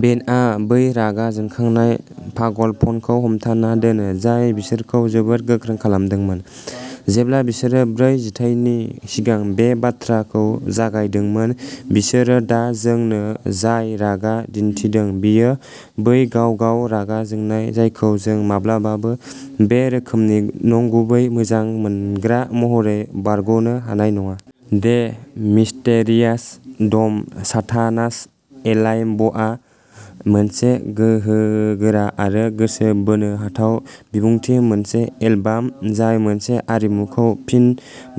बेन्डआ बै रागा जोंखांनाय पागलपनखौ हमथाना दोनो, जाय बिसोरखौ जोबोद गोख्रों खालामदोंमोन जेब्ला बिसोरो ब्रै जिथायनि सिगां बे बाथ्राखौ जागायदोंमोन। बिसोरो दा जोंनो जाय रागा दिन्थिदों, बेयो बै गाव-गाव रागा जोंनाय जायखौ जों माब्लाबाबो बे रोखोमनि नंगुबै मोजां मोनग्रा महरै बारग'नो हानाय नङा। दे मिस्टेरियास डम साथानास एलाइभआ मोनसे गोहोगोरा आरो गोसो बोनो हाथाव बिबुंथि, मोनसे एलबाम जाय मोनसे आरिमुखौ फिन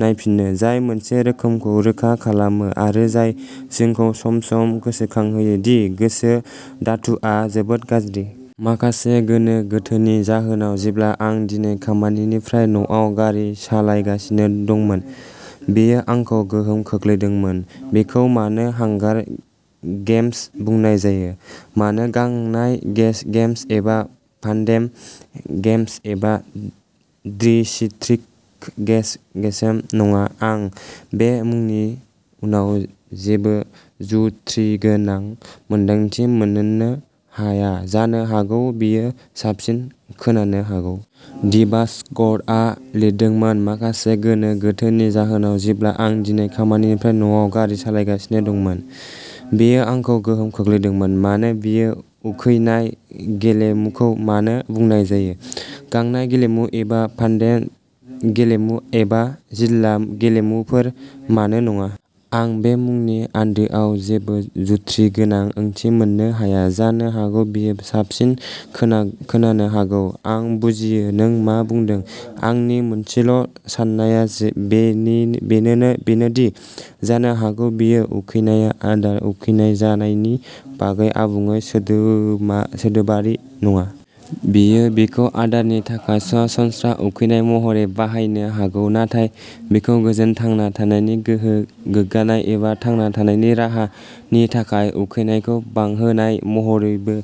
नायफिनो जाय मोनसे रोखोमखौ रोखा खालामो आरो जाय जोंखौ सम-सम गोसोखांहोयो दि गोसोम धातुआ जोबोद गाज्रि। माखासे गोनो-गोथोनि जाहोनाव, जेब्ला आं दिनै खामानिनिफ्राय न'आव गारि सालायगासिनो दंमोन, बेयो आंखौ गोहोम खोख्लैदोंमोन बेखौ मानो हांगार गेम्स बुंनाय जायो? मानो गांनाय गेम्स एबा पान्डेम गेम्स एबा डिस्ट्रिक्ट गेम्स नङा। आं बे मुंनि उनाव जेबो जुक्तिगोनां मोनदांथि मोननो हाया, जानो हागौ बेयो साबसिन खोनानो हागौ। डिबासगर्लआ लिरदोंमोन माखासे गोनो-गोथोनि जाहोनाव, जेब्ला आं दिनै खामानिनिफ्राय न'आव गारि सालायगासिनो दंमोन, बेयो आंखौ गोहोम खोख्लैदोंमोन मानो बेयो? उखैनाय गेलेमुखौ मानो बुंनाय जायो? गांनाय गेलेमु एबा पान्डेम गेलेमु एबा जिल्ला गेलेमुफोर मानो नङा? आं बे मुंनि आन्दोआव जेबो जुक्तिगोनां ओंथि मोननो हाया, जानो हागौ बेयो साबसिन खोनानो हागौ। आं बुजियो नों मा बुदों। आंनि मोनसेल' साननाया बेनोदि जानो हागौ बियो उखैनाया आदार उखैनाय जानायनि बागै आबुङै सोदोबारि नङा। बियो बेखौ आदारनि थाखाय सरासनस्रा उखैनाय महरै बाहायनो हागौ, नाथाय बेखौ गोजोन, थांना थानायनि, गोहो, गोग्गानाय, एबा थांना थानायनि राहा नि थाखाय उखैनायखौ बांहोनाय महरैबो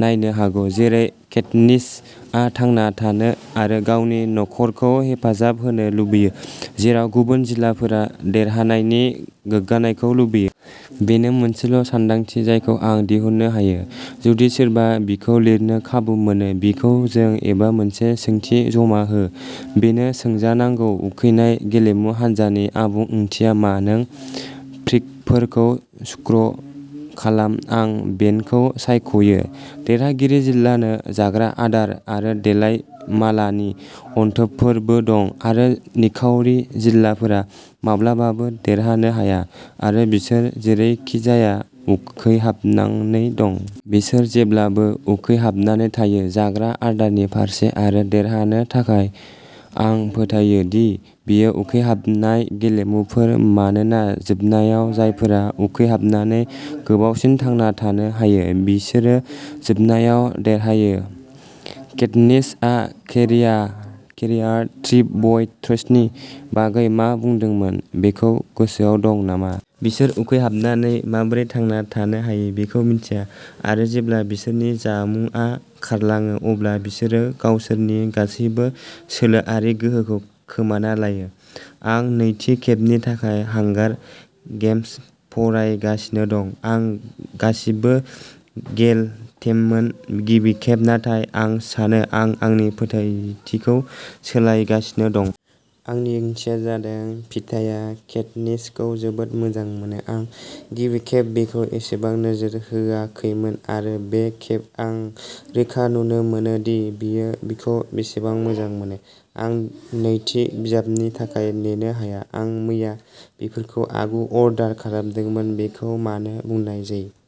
नायनो हागौ। जेरै केटनिसआ थांना थानो आरो गावनि नखरखौ हेफाजाब होनो लुबैयो, जेराव गुबुन जिल्लाफोरा देरहानायनि गोग्गानायखौ लुबैयो। बेनो मोनसेल' सानदांथि जायखौ आं दिहुननो हायो। जुदि सोरबा बिखौ लिरनो खाबु मोनो, बिखौ सों, एबा मोनसे सोंथि जमा हो बेनो सोंजानांगौ उखैनाय गेलेमु हानजानि आबुं ओंथिया मा नों फ्रिकफोरखौ स्क्रु खालाम आं बेनखौ सायख'यो देरहागिरि जिल्लानो जाग्रा आदार आरो देलाय मालानि अनथोबफोरबो दं, आरो निखावरि जिल्लाफोरा माब्लाबाबो देरहानो हाया, आरो बिसोर जेरैखिजाया उखैहाबनानै दं। बिसोर जेब्लाबो उखैहाबनानै थायो जाग्रा आदारनि फारसे आरो देरहानो थाखाय। आं फोथायो दि बेयो उखैहाबनाय गेलेमुफोर मानोना जोबनायाव जायफोरा उखैहाबनानै गोबावसिन थांना थानो हायो बिसोरो जोबनायाव देरहायो। केटनिसआ केरियार ट्रिब्युट्सनि बागै मा बुंदोंमोन बेखौ गोसोआव दं नामा? बिसोर उखैहाबनानै माबोरै थांना थानो हायो बेखौ मिथिया। आरो जेब्ला बिसोरनि जामुंआ खारलाङो अब्ला बिसोरो गावसोरनि गासैबो सोलोआरि गोहोखौ खोमाना लायो। आं नैथि खेबनि थाखाय हांगार गेम्स फरायगासिनो दं। आं गासिबो गेल टीममोन, गिबि खेब, नाथाय आं सानो आं आंनि फोथायथिखौ सोलायगासिनो दं। आंनि ओंथिया जादों पीटाया केटनिसखौ जोबोद मोजां मोनो। आं गिबि खेब बेखौ एसेबां नोजोर होआखैमोन आरो बे खेब, आं रोखा नुनो मोनो दि बियो बिखौ बेसेबां मोजां मोनो। आं नैथि बिजाबनि थाखाय नेनो हाया। आं मैया बेफोरखौ आगु-अर्डार खालामदोंमोन। बेखौ मानो बुंनाय जायो?